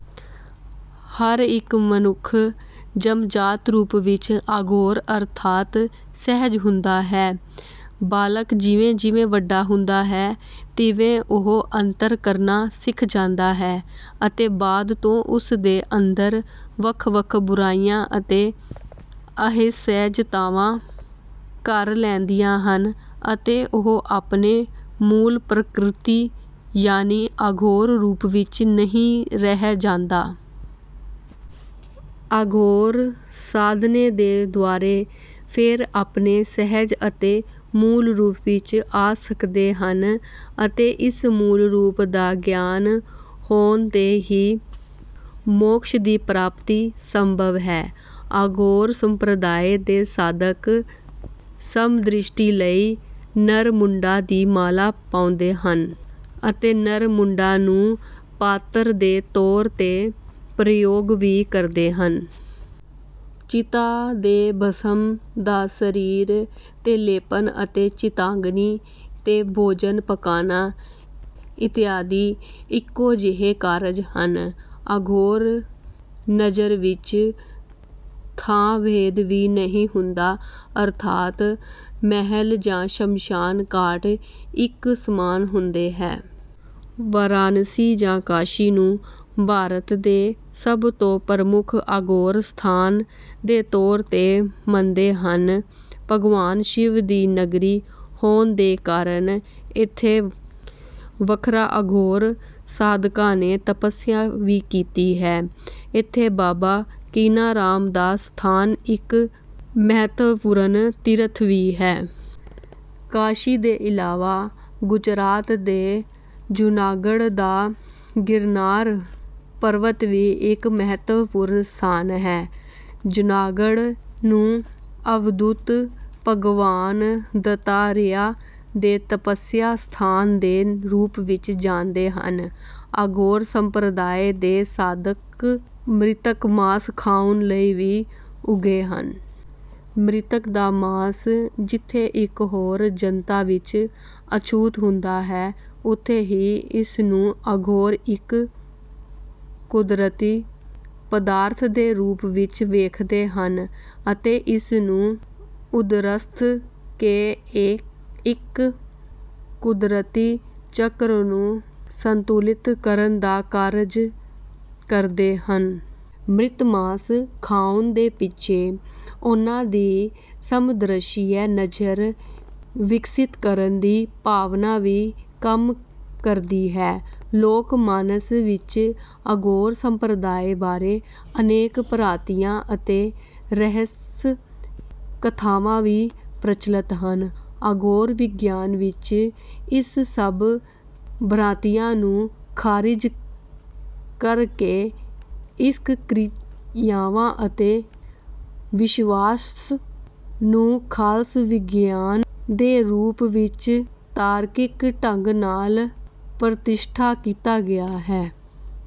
ਹਰ ਇੱਕ ਮਨੁੱਖ ਜੰਮਜਾਤ ਰੂਪ ਵਿੱਚ ਅਘੋਰ ਅਰਥਾਤ ਸਹਿਜ ਹੁੰਦਾ ਹੈ। ਬਾਲਕ ਜਿਵੇਂ ਜਿਵੇਂ ਵੱਡਾ ਹੁੰਦਾ ਹੈ ਤਿਵੇਂ ਉਹ ਅੰਤਰ ਕਰਨਾ ਸਿੱਖ ਜਾਂਦਾ ਹੈ ਅਤੇ ਬਾਅਦ ਤੋਂ ਉਸਦੇ ਅੰਦਰ ਵੱਖ-ਵੱਖ ਬੁਰਾਈਆਂ ਅਤੇ ਅਸਹਿਜਤਾਵਾਂ ਘਰ ਲੈਂਦੀਆਂ ਹਨ ਅਤੇ ਉਹ ਆਪਣੇ ਮੂਲ ਪਰਕਿਰਤੀ ਯਾਨੀ ਅਘੋਰ ਰੂਪ ਵਿੱਚ ਨਹੀਂ ਰਹਿ ਜਾਂਦਾ। ਅਘੋਰ ਸਾਧਨੇ ਦੇ ਦੁਆਰੇ ਫੇਰ ਆਪਣੇ ਸਹਿਜ ਅਤੇ ਮੂਲ ਰੂਪ ਵਿੱਚ ਆ ਸਕਦੇ ਹਨ ਅਤੇ ਇਸ ਮੂਲ ਰੂਪ ਦਾ ਗਿਆਨ ਹੋਣ 'ਤੇ ਹੀ ਮੋਕਸ਼ ਦੀ ਪ੍ਰਾਪਤੀ ਸੰਭਵ ਹੈ। ਅਘੋਰ ਸੰਪ੍ਰਦਾਏ ਦੇ ਸਾਧਕ ਸਮਦ੍ਰਿਸ਼ਟੀ ਲਈ ਨਰ ਮੁੰਡਾਂ ਦੀ ਮਾਲਾ ਪਾਓਂਦੇ ਹਨ ਅਤੇ ਨਰ ਮੁੰਡਾਂ ਨੂੰ ਪਾਤਰ ਦੇ ਤੌਰ 'ਤੇ ਪ੍ਰਯੋਗ ਵੀ ਕਰਦੇ ਹਨ। ਚਿਤਾ ਦੇ ਭਸਮ ਦਾ ਸਰੀਰ 'ਤੇ ਲੇਪਨ ਅਤੇ ਚਿਤਾਗਨੀ 'ਤੇ ਭੋਜਨ ਪਕਾਨਾ ਇਤਆਦਿ ਇੱਕੋ ਜਿਹੇ ਕਾਰਜ ਹਨ। ਅਘੋਰ ਨਜਰ ਵਿੱਚ ਥਾਂ ਭੇਦ ਵੀ ਨਹੀਂ ਹੁੰਦਾ ਅਰਥਾਤ ਮਹਲ ਜਾਂ ਸ਼ਮਸ਼ਾਨ ਘਾਟ ਇੱਕ ਸਮਾਨ ਹੁੰਦੇ ਹੈ। ਵਾਰਾਣਸੀ ਜਾਂ ਕਾਸ਼ੀ ਨੂੰ ਭਾਰਤ ਦੇ ਸਭ ਤੋਂ ਪ੍ਰਮੁੱਖ ਅਘੋਰ ਸਥਾਨ ਦੇ ਤੌਰ 'ਤੇ ਮੰਣਦੇ ਹਨ। ਭਗਵਾਨ ਸ਼ਿਵ ਦੀ ਨਗਰੀ ਹੋਣ ਦੇ ਕਾਰਨ ਇੱਥੇ ਵੱਖਰਾ ਅਘੋਰ ਸਾਧਕਾਂ ਨੇ ਤਪਸਿਆ ਵੀ ਕੀਤੀ ਹੈ। ਇੱਥੇ ਬਾਬਾ ਕੀਨਾਰਾਮ ਦਾ ਸਥਾਨ ਇੱਕ ਮਹੱਤਵਪੂਰਣ ਤੀਰਥ ਵੀ ਹੈ। ਕਾਸ਼ੀ ਦੇ ਇਲਾਵਾ ਗੁਜਰਾਤ ਦੇ ਜੂਨਾਗੜ੍ਹ ਦਾ ਗਿਰਨਾਰ ਪਰਬਤ ਵੀ ਇੱਕ ਮਹੱਤਵਪੂਰਣ ਸਥਾਨ ਹੈ। ਜੂਨਾਗੜ੍ਹ ਨੂੰ ਅਵਧੂਤ ਭਗਵਾਨ ਦੱਤਾਤਰੇਆ ਦੇ ਤਪਸਿਆ ਸਥਾਨ ਦੇ ਰੂਪ ਵਿੱਚ ਜਾਣਦੇ ਹਨ। ਅਘੋਰ ਸੰਪ੍ਰਦਾਏ ਦੇ ਸਾਧਕ ਮ੍ਰਿਤਕ ਮਾਸ ਖਾਉਣ ਲਈ ਵੀ ਉੱਘੇ ਹਨ। ਮ੍ਰਿਤਕ ਦਾ ਮਾਸ ਜਿੱਥੇ ਇੱਕ ਹੋਰ ਜਨਤਾ ਵਿੱਚ ਅਛੂਤ ਹੁੰਦਾ ਹੈ ਉੱਥੇ ਹੀ ਇਸਨੂੰ ਅਘੋਰ ਇੱਕ ਕੁਦਰਤੀ ਪਦਾਰਥ ਦੇ ਰੂਪ ਵਿੱਚ ਵੇਖਦੇ ਹਨ ਅਤੇ ਇਸਨੂੰ ਉਦਰਸਥ ਕੇ ਇੱਕ ਕੁਦਰਤੀ ਚੱਕਰ ਨੂੰ ਸੰਤੁਲਿਤ ਕਰਨ ਦਾ ਕਾਰਜ ਕਰਦੇ ਹਨ। ਮ੍ਰਿਤ ਮਾਸ ਖਾਉਣ ਦੇ ਪਿੱਛੇ ਉਨ੍ਹਾਂ ਦੀ ਸਮਦਰਸ਼ੀ ਨਜਰ ਵਿਕਸਿਤ ਕਰਨ ਦੀ ਭਾਵਨਾ ਵੀ ਕੰਮ ਕਰਦੀ ਹੈ। ਲੋਕ ਮਾਨਸ ਵਿੱਚ ਅਘੋਰ ਸੰਪ੍ਰਦਾਏ ਬਾਰੇ ਅਨੇਕ ਭਰਾਂਤੀਆ ਅਤੇ ਰਹੱਸ ਕਥਾਵਾਂ ਵੀ ਪ੍ਰਚੱਲਤ ਹਨ। ਅਘੋਰ ਵਿਗਿਆਨ ਵਿੱਚ ਇਸ ਸਭ ਭਰਾਂਤੀਆਂ ਨੂੰ ਖਾਰਿਜ ਕਰਕੇ ਇਸ ਕ ਕਿਰਿਆਵਾਂ ਅਤੇ ਵਿਸ਼ਵਾਸ ਨੂੰ ਖਾਲਸ ਵਿਗਿਆਨ ਦੇ ਰੂਪ ਵਿੱਚ ਤਾਰਕਿਕ ਢ਼ੰਗ ਨਾਲ ਪ੍ਰਤਿਸ਼ਠਾ ਕੀਤਾ ਗਿਆ ਹੈ।